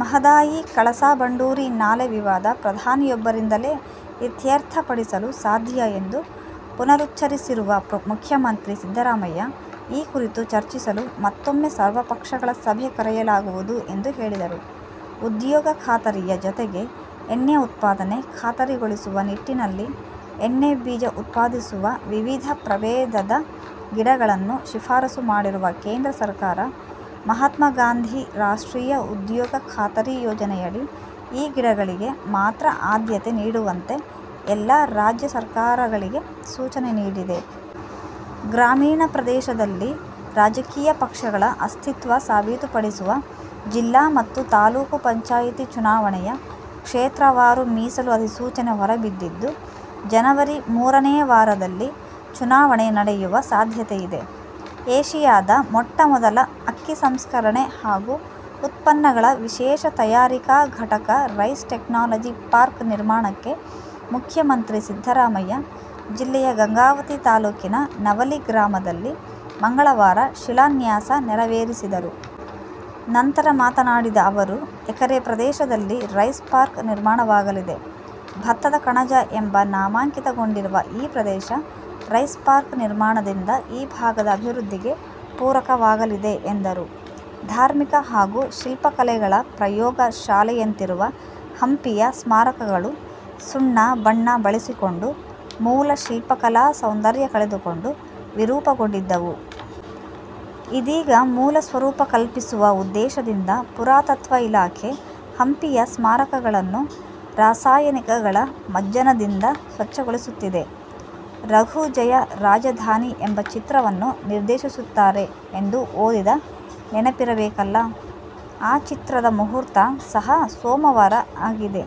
ಮಹದಾಯಿ, ಕಳಸಾ ಬಂಡೂರಿ ನಾಲೆ ವಿವಾದ ಪ್ರಧಾನಿಯೊಬ್ಬರಿಂದಲೇ ಇತ್ಯರ್ಥಪಡಿಸಲು ಸಾಧ್ಯ ಎಂದು ಪುನರುಚ್ಚರಿಸಿರುವ ಮುಖ್ಯಮಂತ್ರಿ ಸಿದ್ದರಾಮಯ್ಯ, ಈ ಕುರಿತು ಚರ್ಚಿಸಲು ಮತ್ತೂಮ್ಮೆ ಸರ್ವಪಕ್ಷಗಳ ಸಭೆ ಕರೆಯಲಾಗುವುದು ಎಂದು ಹೇಳಿದರು. ಉದ್ಯೋಗ ಖಾತರಿಯ ಜತೆಗೆ ಎಣ್ಣೆ ಉತ್ಪಾದನೆ ಖಾತರಿಗೊಳಿಸುವ ನಿಟ್ಟಿನಲ್ಲಿ ಎಣ್ಣೆ ಬೀಜ ಉತ್ಪಾದಿಸುವ ವಿವಿಧ ಪ್ರಬೇಧದ ಗಿಡಗಳನ್ನು ಶಿಫಾರಸು ಮಾಡಿರುವ ಕೇಂದ್ರ ಸರ್ಕಾರ, ಮಹಾತ್ಮಗಾಂಧಿ ರಾಷ್ಟ್ರೀಯ ಉದ್ಯೋಗ ಖಾತರಿ ಯೋಜನೆಯಡಿ ಈ ಗಿಡಗಳಿಗೆ ಮಾತ್ರ ಆದ್ಯತೆ ನೀಡುವಂತೆ ಎಲ್ಲ ರಾಜ್ಯ ಸರ್ಕಾರಗಳಿಗೆ ಸೂಚನೆ ನೀಡಿದೆ. ಗ್ರಾಮೀಣ ಪ್ರದೇಶದಲ್ಲಿ ರಾಜಕೀಯ ಪಕ್ಷಗಳ ಅಸ್ತಿತ್ವ ಸಾಬೀತುಪಡಿಸುವ ಜಿಲ್ಲಾ ಮತ್ತು ತಾಲೂಕು ಪಂಚಾಯಿತಿ ಚುನಾವಣೆಯ ಕ್ಷೇತ್ರವಾರು ಮೀಸಲು ಅಧಿಸೂಚನೆ ಹೊರಬಿದ್ದಿದ್ದು, ಜನವರಿ ಮೂರನೇ ವಾರದಲ್ಲಿ ಚುನಾವಣೆ ನಡೆಯುವ ಸಾಧ್ಯತೆಯಿದೆ. ಏಷಿಯಾದ ಮೊಟ್ಟ ಮೊದಲ ಅಕ್ಕಿ ಸಂಸ್ಕರಣೆ ಹಾಗೂ ಉತ್ಪನ್ನಗಳ ವಿಶೇಷ ತಯಾರಿಕಾ ಘಟಕ ರೈಸ್ ಟೆಕ್ನಾಲಜಿ ಪಾರ್ಕ್ ನಿರ್ಮಾಣಕ್ಕೆ ಮುಖ್ಯಮಂತ್ರಿ ಸಿದ್ದರಾಮಯ್ಯ ಜಿಲ್ಲೆಯ ಗಂಗಾವತಿ ತಾಲೂಕಿನ ನವಲಿ ಗ್ರಾಮದಲ್ಲಿ ಮಂಗಳವಾರ ಶಿಲಾನ್ಯಾಸ ನೆರವೇರಿಸಿದರು. ನಂತರ ಮಾತನಾಡಿದ ಅವರು, ಎಕರೆ ಪ್ರದೇಶದಲ್ಲಿ ರೈಸ್ ಪಾರ್ಕ್ ನಿರ್ಮಾಣವಾಗಲಿದೆ. ಭತ್ತದ ಕಣಜ ಎಂಬ ನಾಮಾಂಕಿತಗೊಂಡಿರುವ ಈ ಪ್ರದೇಶ ರೈಸ್ ಪಾರ್ಕ್ ನಿರ್ಮಾಣದಿಂದ ಈ ಭಾಗದ ಅಭಿವೃದ್ಧಿಗೆ ಪೂರಕವಾಗಲಿದೆ ಎಂದರು. ಧಾರ್ಮಿಕ ಹಾಗೂ ಶಿಲ್ಪಕಲೆಗಳ ಪ್ರಯೋಗ ಶಾಲೆಯಂತಿರುವ ಹಂಪಿಯ ಸ್ಮಾರಕಗಳು ಸುಣ್ಣ ಬಣ್ಣ ಬಳಿಸಿಕೊಂಡು ಮೂಲ ಶಿಲ್ಪಕಲಾ ಸೌಂದರ್ಯ ಕಳೆದುಕೊಂಡು ವಿರೂಪಗೊಂಡಿದ್ದವು. ಇದೀಗ ಮೂಲ ಸ್ವರೂಪ ಕಲ್ಪಿಸುವ ಉದ್ದೇಶದಿಂದ ಪುರಾತತ್ವ ಇಲಾಖೆ ಹಂಪಿಯ ಸ್ಮಾರಕಗಳನ್ನು ರಾಸಾಯನಿಕಗಳ ಮಜ್ಜನದಿಂದ ಸ್ವತ್ಛಗೊಳಿಸುತ್ತಿದೆ. ರಘು ಜಯ "ರಾಜಧಾನಿ ' ಎಂಬ ಚಿತ್ರವನ್ನು ನಿರ್ದೇಶಿಸುತ್ತಾರೆ ಎಂದು ಓದಿದ ನೆನಪಿರಬೇಕಲ್ಲಾ? ಆ ಚಿತ್ರದ ಮುಹೂರ್ತ ಸಹ ಸೋಮವಾರ ಆಗಿದೆ.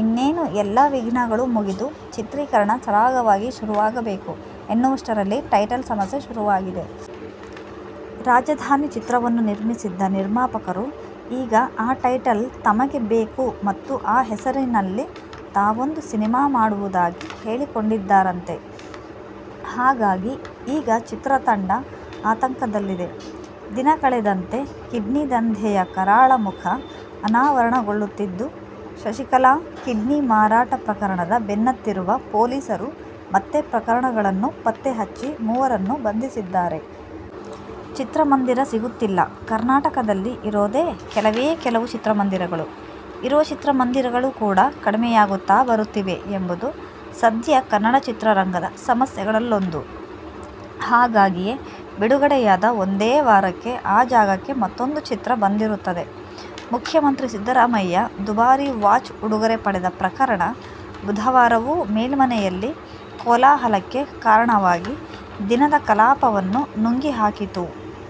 ಇನ್ನೇನು ಎಲ್ಲಾ ವಿಘ್ನಗಳು ಮುಗಿದು, ಚಿತ್ರೀಕರಣ ಸರಾಗವಾಗಿ ಶುರುವಾಗಬೇಕು ಎನ್ನುವಷ್ಟರಲ್ಲಿ ಟೈಟಲ್ ಸಮಸ್ಯೆ ಶುರುವಾಗಿದೆ. "ರಾಜಧಾನಿ' ಚಿತ್ರವನ್ನು ನಿರ್ಮಿಸಿದ್ದ ನಿರ್ಮಾಪಕರು, ಈಗ ಆ ಟೈಟಲ್ ತಮಗೆ ಬೇಕು ಮತ್ತು ಆ ಹೆಸರಿನಲ್ಲಿ ತಾವೊಂದು ಸಿನಿಮಾ ಮಾಡುವುದಾಗಿ ಹೇಳಿಕೊಂಡಿದ್ದಾರಂತೆ. ಹಾಗಾಗಿ ಈಗ ಚಿತ್ರತಂಡ ಆತಂಕದಲ್ಲಿದೆ. ದಿನ ಕಳೆದಂತೆ ಕಿಡ್ನಿ ದಂಧೆಯ ಕರಾಳ ಮುಖ ಅನಾವರಣಗೊಳ್ಳುತ್ತಿದ್ದು, ಶಶಿಕಲಾ ಕಿಡ್ನಿ ಮಾರಾಟ ಪ್ರಕರಣದ ಬೆನ್ನತ್ತಿರುವ ಪೊಲೀಸರು ಮತ್ತೆ ಪ್ರಕರಣಗಳನ್ನು ಪತ್ತೆ ಹಚ್ಚಿ, ಮೂವರನ್ನು ಬಂಧಿಸಿದ್ದಾರೆ. ಚಿತ್ರಮಂದಿರ ಸಿಗುತ್ತಿಲ್ಲ, ಕರ್ನಾಟಕದಲ್ಲಿ ಇರೋದೇ ಕೆಲವೇ ಕೆಲವು ಚಿತ್ರಮಂದಿರಗಳು. ಇರುವ ಚಿತ್ರಮಂದಿರಗಳು ಕೂಡಾ ಕಡಿಮೆಯಾಗುತ್ತಾ ಬರುತ್ತಿವೆ ಎಂಬುದು ಸದ್ಯ ಕನ್ನಡ ಚಿತ್ರರಂಗದ ಸಮಸ್ಯೆಗಳಲ್ಲೊಂದು. ಹಾಗಾಗಿಯೇ ಬಿಡುಗಡೆಯಾದ ಒಂದೇ ವಾರಕ್ಕೆ ಆ ಜಾಗಕ್ಕೆ ಮತ್ತೂಂದು ಚಿತ್ರ ಬಂದಿರುತ್ತದೆ. ಮುಖ್ಯಮಂತ್ರಿ ಸಿದ್ದರಾಮಯ್ಯ ದುಬಾರಿ ವಾಚ್ ಉಡುಗೊರೆ ಪಡೆದ ಪ್ರಕರಣ ಬುಧವಾರವೂ ಮೇಲ್ಮನೆಯಲ್ಲಿ ಕೋಲಾಹಲಕ್ಕೆ ಕಾರಣವಾಗಿ ದಿನದ ಕಲಾಪವನ್ನು ನುಂಗಿಹಾಕಿತು.